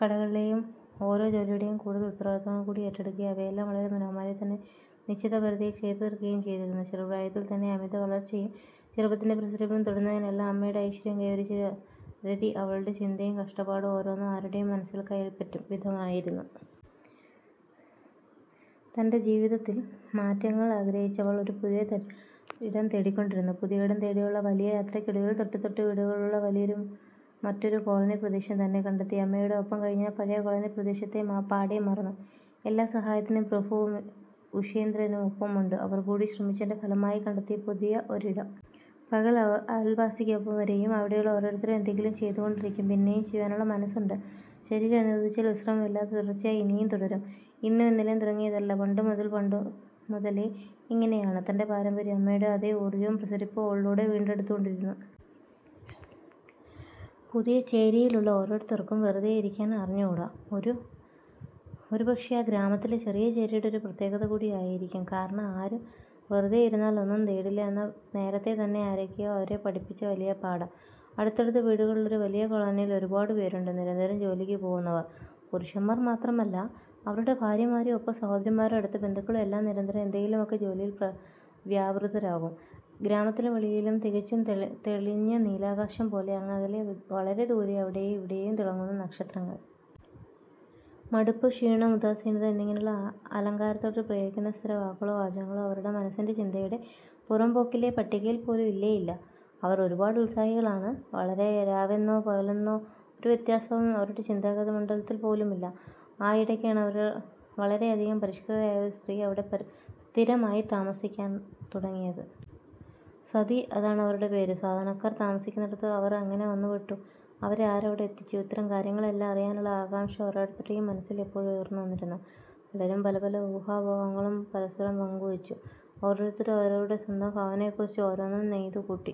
കടകളിലെയും ഓരോ ജോലിയുടെയും കൂടുതൽ ഉത്തരവാദിത്വങ്ങൾകൂടി ഏറ്റെടുക്കുകയും അവയെല്ലാം വളരെ മനോഹരമായി തന്നെ നിശ്ചിത സമയപരിധിയിൽ ചെയ്തു തീർക്കുകയും ചെയ്തിരുന്നു. ചെറിയ പ്രായത്തിൽ തന്നെ അമിത വളർച്ചയും ചെറുപ്പത്തിന്റെ പ്രസരിപ്പും തൊടുന്നതിനെല്ലാം അമ്മയുടെ ഐശ്വര്യവും കൈവരിച്ച രതി അവളുടെ ചിന്തയും കാഴ്ചപ്പാടും ഓരോന്നും ആരുടെയും മനസ്സിൽ കയറിപ്പറ്റും വിധമായിരുന്നു. തന്റെ ജീവിതത്തിൽ മാറ്റങ്ങൾ ആഗ്രഹിച്ചവൾ പുതിയ ഒരിടം തേടിക്കൊണ്ടിരുന്നു. പുതിയ ഒരിടം തേടിയുള്ള വലിയ യാത്രക്കൊടുവിൽ തൊട്ടു തൊട്ടു വീടുകളുള്ള വലിയ മറ്റൊരു കോളനി പ്രദേശം തന്നെ, കണ്ടെത്തി അമ്മയുടെ ഒപ്പം കഴിഞ്ഞ പഴയ കോളനി പ്രദേശത്തെ പാടേ മറന്നു, എല്ലാ സഹായത്തിനും പ്രഭുവും ഉഷേന്ദ്രനും ഒപ്പമുണ്ട്, അവർകൂടി ശ്രമിച്ചതിന്റെ ഫലമായി കണ്ടെത്തിയ പുതിയ ഒരിടം. പകൽ അവസാനിക്കും വരെയും അവിടെയുള്ള ഓരോരുത്തരും എന്തെങ്കിലും ചെയ്തു കൊണ്ടിരിക്കും, പിന്നെയും ചെയ്യുവാനുള്ള മനസ്സ് ഉണ്ട്, ശരീരം അനുവദിച്ചാൽ വിശ്രമമില്ലാതെ തുടർച്ചയായി, ഇനിയും തുടരും. ഇന്നും ഇന്നലെയും തുടങ്ങിയതല്ല, വളരെ പണ്ടു മുതലേ അങ്ങനെയാണ്, തന്റെ പാരമ്പര്യം, അമ്മയുടെ അതേ ഊർജവും പ്രസരിപ്പും അവളിലൂടെ വീണ്ടെടുത്തുകൊണ്ടിരുന്നു. പുതിയ ചേരിയിലുള്ള ഓരോരുത്തർക്കും വെറുതെ ഇരിക്കാൻ അറിഞ്ഞുകൂടാ, ഒരു പക്ഷെ ആ ഗ്രാമത്തിലെ ചെറിയ ചേരിയുടെ ഒരു പ്രത്യേകത കൂടി ആയിരിക്കും, കാരണം ആരും വെറുതെ ഇരുന്നാൽ ഒന്നുംനേടില്ല എന്ന് നേരത്തെ തന്നെ ആരൊക്കെയോ അവരെ പഠിപ്പിച്ച വലിയ പാഠം. അടുത്തടുത്തു വീടുകളുള്ള ഒരു വലിയ കോളനിയിൽ ഒരുപാട് പേരുണ്ട്, നിരന്തരം ജോലിക്ക് പോകുന്നവർ, പുരുഷന്മാർ മാത്രമല്ല അവരുടെ ഭാര്യമാരും ഒപ്പം സഹോദരിമാരും അടുത്ത ബന്ധുക്കളും എല്ലാം നിരന്തരം എന്തെങ്കിലുമൊക്കെ ജോലിയിൽ വ്യാപൃതരാകും ഗ്രാമത്തിലും വെളിയിലും, തികച്ചും തെളിഞ്ഞ നീലാകാശം പോലെ, അങ്ങകലെ വളരെദൂരെ അവിടെയും ഇവിടെയും തിളങ്ങുന്ന നക്ഷത്രങ്ങൾ. മടുപ്പ്, ക്ഷീണം, ഉദാസീനത എന്നിങ്ങനെയുള്ള അലങ്കാരത്തോടെ പ്രയോഗിക്കുന്ന സ്ഥിരം വാക്കുകളോ വാചകങ്ങളോ അവരുടെ മനസ്സിന്റെ ചിന്തയുടെ പുറം പോക്കിലെ പട്ടികയിൽ പോലും ഇല്ലേ ഇല്ല. അവർ ഒരുപാട് ഉത്സാഹികൾ ആണ് അവർക്ക് രാവെന്നോ പകലെന്നോ ഒരു വ്യത്യാസം അവരുടെ ചിന്താ മണ്ഡലത്തിൽ പോലും ഇല്ല. ആയിടക്കാണ് വളരെയേറെ പരിഷ്ക്കാരിയായ ഒരു സ്ത്രീ അവിടെ സ്ഥിരമായി താമസിക്കാൻ തുടങ്ങിയത്. 'സതി ' അതാണ് അവരുടെ പേര്. സാധാരണക്കാർ താമസിക്കുന്നിടത്തു അവർ എങ്ങനെ വന്ന് പെട്ടു, അവരെ ആരവിടെ എത്തിച്ചു ഇത്തരം കാര്യങ്ങൾ എല്ലാം അറിയാനുള്ള ആകാംഷ ഓരോരുത്തരുടെയും മനസ്സിൽ എപ്പോഴും ഉദിച്ചുയർന്നിരുന്നു. പലരും പല പല ഊഹാപോഹങ്ങളും പരസ്പരം പങ്കുവച്ചു കൊണ്ടിരുന്നു. ഓരോരുത്തരും അവരവരുടെ സ്വന്തം ഭാവനക്കനുസരിച്ചു ഓരോന്നും നെയ്തു കൂട്ടി.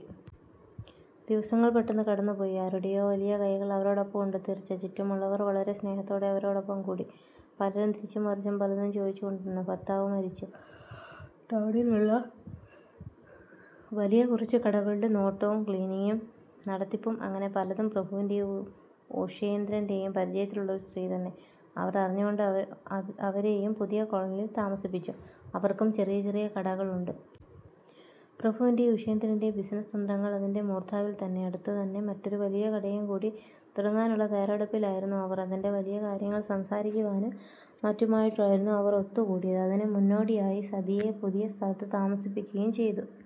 ദിവസങ്ങൾ പെട്ടെന്ന് കടന്നു പോയി. ആരുടെയോ വലിയ കൈകൾ അവരോടൊപ്പം ഉണ്ട് തീർച്ച, ചുറ്റുമുള്ളവർ വളരെ സ്നേഹത്തോടെ അവരോടൊപ്പം കൂടി. പലരും തിരിച്ചും മറിച്ചും പലതും ചോദിച്ചു കൊണ്ടിരുന്നു. ഭർത്താവ് മരിച്ചു, ടൗണിലുള്ള വലിയ കുറച്ചു കടകളുടെ നോട്ടവും ക്ലീനിങ്ങും നടത്തിപ്പും അങ്ങനെ പലതും. പ്രഭുവിന്റെയും ഉഷേന്ദ്രന്റെയും പരിചയത്തിലുള്ള ഒരു സ്ത്രീ തന്നെ, അവർ അറിഞ്ഞുകൊണ്ട് അവരെയും പുതിയ കോളനിയിൽ താമസിപ്പിച്ചു, അവർക്കും ചെറിയ ചില കടകൾ ഉണ്ട്. പ്രഭുവിന്റെയും, ഉഷേന്ദ്രന്റെയും ബിസിനസ് തന്ത്രങ്ങൾ അതിന്റ മൂർദ്ധാവിൽ തന്നെ, അടുത്തു തന്നെ മറ്റൊരു വലിയ കടയും കൂടി തുടങ്ങുവാനുള്ള തയാറെടുപ്പിൽ ആയിരുന്നു അവർ, അതിന്റ വലിയ കാര്യങ്ങൾ സംസാരിക്കാനും മറ്റുമായിട്ടായിരുന്നു അവർ ഒത്തു കൂടിയത്. അതിനു മുന്നോടിയായി സതിയെ പുതിയ സ്ഥലത്തു താമസിപ്പിക്കുകയും ചെയ്തു.